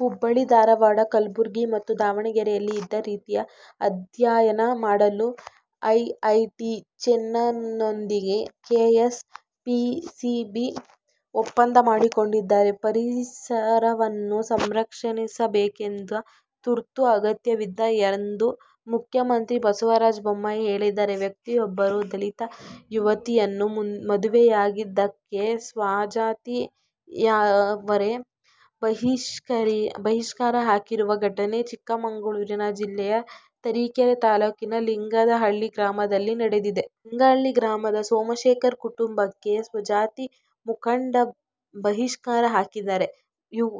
ಹುಬ್ಬಳ್ಳಿ- ಧಾರವಾಡ, ಕಲಬುರಗಿ ಮತ್ತು ದಾವಣಗೆರೆಯಲ್ಲಿ ಇದೇ ರೀತಿಯ ಅಧ್ಯಯನ ಮಾಡಲು ಐಐಟಿ-ಚೆನ್ನೈನೊಂದಿಗೆ ಕೆಎಸ್ ಪಿಸಿಬಿ ಒಪ್ಪಂದ ಮಾಡಿಕೊಂಡಿದೆ. ಪರಿಸರವನ್ನು ಸಂರಕ್ಷಿಸಬೇಕಾದ ತುರ್ತು ಅಗತ್ಯವಿದೆ ಎಂದು ಮುಖ್ಯಮಂತ್ರಿ ಬಸವರಾಜ ಬೊಮ್ಮಾಯಿ ಹೇಳಿದರು. ವ್ಯಕ್ತಿಯೊಬ್ಬರು ದಲಿತ ಯುವತಿಯನ್ನು ಮದುವೆಯಾಗಿದ್ದಕ್ಕೆ ಸ್ವಜಾತಿಯವರೇ ಬಹಿಷ್ಕಾರ ಹಾಕಿರುವ ಘಟನೆ ಚಿಕ್ಕಮಗಳೂರು ಜಿಲ್ಲೆ ತರೀಕೆರೆ ತಾಲೂಕಿನ ಲಿಂಗದಹಳ್ಳಿ ಗ್ರಾಮದಲ್ಲಿ ನಡೆದಿದೆ. ಲಿಂಗದಹಳ್ಳಿ ಗ್ರಾಮದ ಸೋಮಶೇಖರ್ ಕುಟುಂಬಕ್ಕೆ ಸ್ವಜಾತಿ ಮುಖಂಡರು ಬಹಿಷ್ಕಾರ ಹಾಕಿದ್ದಾರೆ.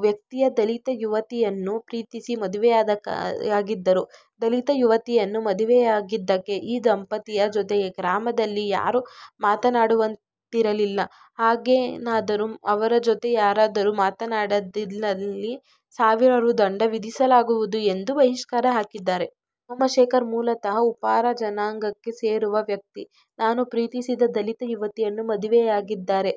ವ್ಯಕ್ತಿಯು ದಲಿತ ಯುವತಿಯನ್ನು ಪ್ರೀತಿಸಿ ಮದುವೆಯಾಗಿದ್ದರು. ದಲಿತ ಯುವತಿಯನ್ನು ಮದುವೆಯಾಗಿದಕ್ಕೆ ಈ ದಂಪತಿಯ ಜೊತೆ ಗ್ರಾಮದಲ್ಲಿ ಯಾರು ಮಾತನಾಡುವಂತಿರಲಿಲ್ಲ. ಹಾಗೇನಾದರೂ ಅವರ ಜೊತೆ ಯಾರಾದರೂ ಮಾತನಾಡಿದ್ದಲ್ಲಿ ಸಾವಿರ ರೂ. ದಂಡ ವಿಧಿಸಲಾಗುವುದು ಎಂದು ಬಹಿಷ್ಕಾರ ಹಾಕಿದ್ದಾರೆ. ಸೋಮಶೇಖರ್, ಮೂಲತಃ ಉಪ್ಪಾರ ಜನಾಂಗಕ್ಕೆ ಸೇರಿರುವ ವ್ಯಕ್ತಿ. ತಾನು ಪ್ರೀತಿಸಿದ ದಲಿತ ಯುವತಿಯನ್ನು ಮದುವೆಯಾಗಿದ್ದಾರೆ.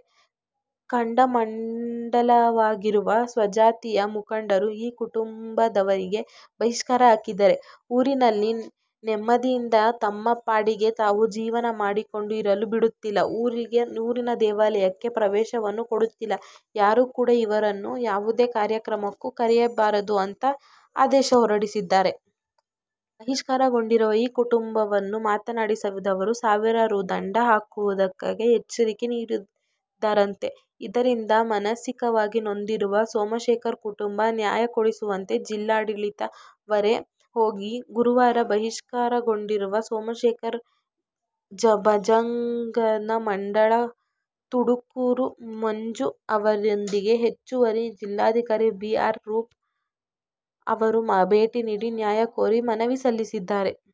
ಕೆಂಡಮಂಡಲವಾಗಿರುವ ಸ್ವಜಾತಿಯ ಮುಖಂಡರು ಈ ಕುಟುಂಬದವರಿಗೆ ಬಹಿಷ್ಕಾರ ಹಾಕಿದ್ದಾರೆ. ಊರಲ್ಲಿ ನೆಮ್ಮದಿಯಾಗಿ ತಮ್ಮ ಪಾಡಿಗೆ ತಾವು ಜೀವನ ಮಾಡಿಕೊಂಡು ಇರಲು ಬಿಡುತ್ತಿಲ್ಲ. ಊರಿನ ದೇವಾಲಯಕ್ಕೆ ಪ್ರವೇಶವನ್ನು ಕೊಡುತ್ತಿಲ್ಲ. ಯಾರೂ ಕೂಡ ಇವರನ್ನು ಯಾವುದೇ ಕಾರ್ಯಕ್ರಮಕ್ಕೂ ಕರೆಯಬಾರದು ಅಂತಾ ಆದೇಶ ಹೊರಡಿಸಿದ್ದಾರೆ. ಬಹಿಷ್ಕಾರಗೊಂಡಿರುವ ಈ ಕುಟುಂಬದವರನ್ನು ಮಾತನಾಡಿಸಿದರೂ ಸಾವಿರ ರೂ. ದಂಡ ಹಾಕುವುದಾಗಿ ಎಚ್ಚರಿಕೆ ನೀಡಿದ್ದಾರಂತೆ. ಇದರಿಂದ ಮಾನಸಿಕವಾಗಿ ನೊಂದಿರುವ ಸೋಮಶೇಖರ್ ಕುಟುಂಬ, ನ್ಯಾಯ ಕೊಡಿಸುವಂತೆ ಜಿಲ್ಲಾಡಳಿತದ ಮೊರೆ ಹೋಗಿದೆ. ಗುರುವಾರ ಬಹಿಷ್ಕಾರಗೊಂಡಿರುವ ಸೋಮಶೇಖರ್, ಬಜರಂಗದಳ ಮುಖಂಡ ತುಡುಕೂರು ಮಂಜು ಅವರೊಂದಿಗೆ ಹೆಚ್ಚುವರಿ ಜಿಲ್ಲಾಧಿಕಾರಿ ಬಿ. ಆರ್. ರೂಪ ಅವರನ್ನು ಭೇಟಿ ಮಾಡಿ ನ್ಯಾಯ ಕೋರಿ ಮನವಿ ಸಲ್ಲಿಸಿದರು.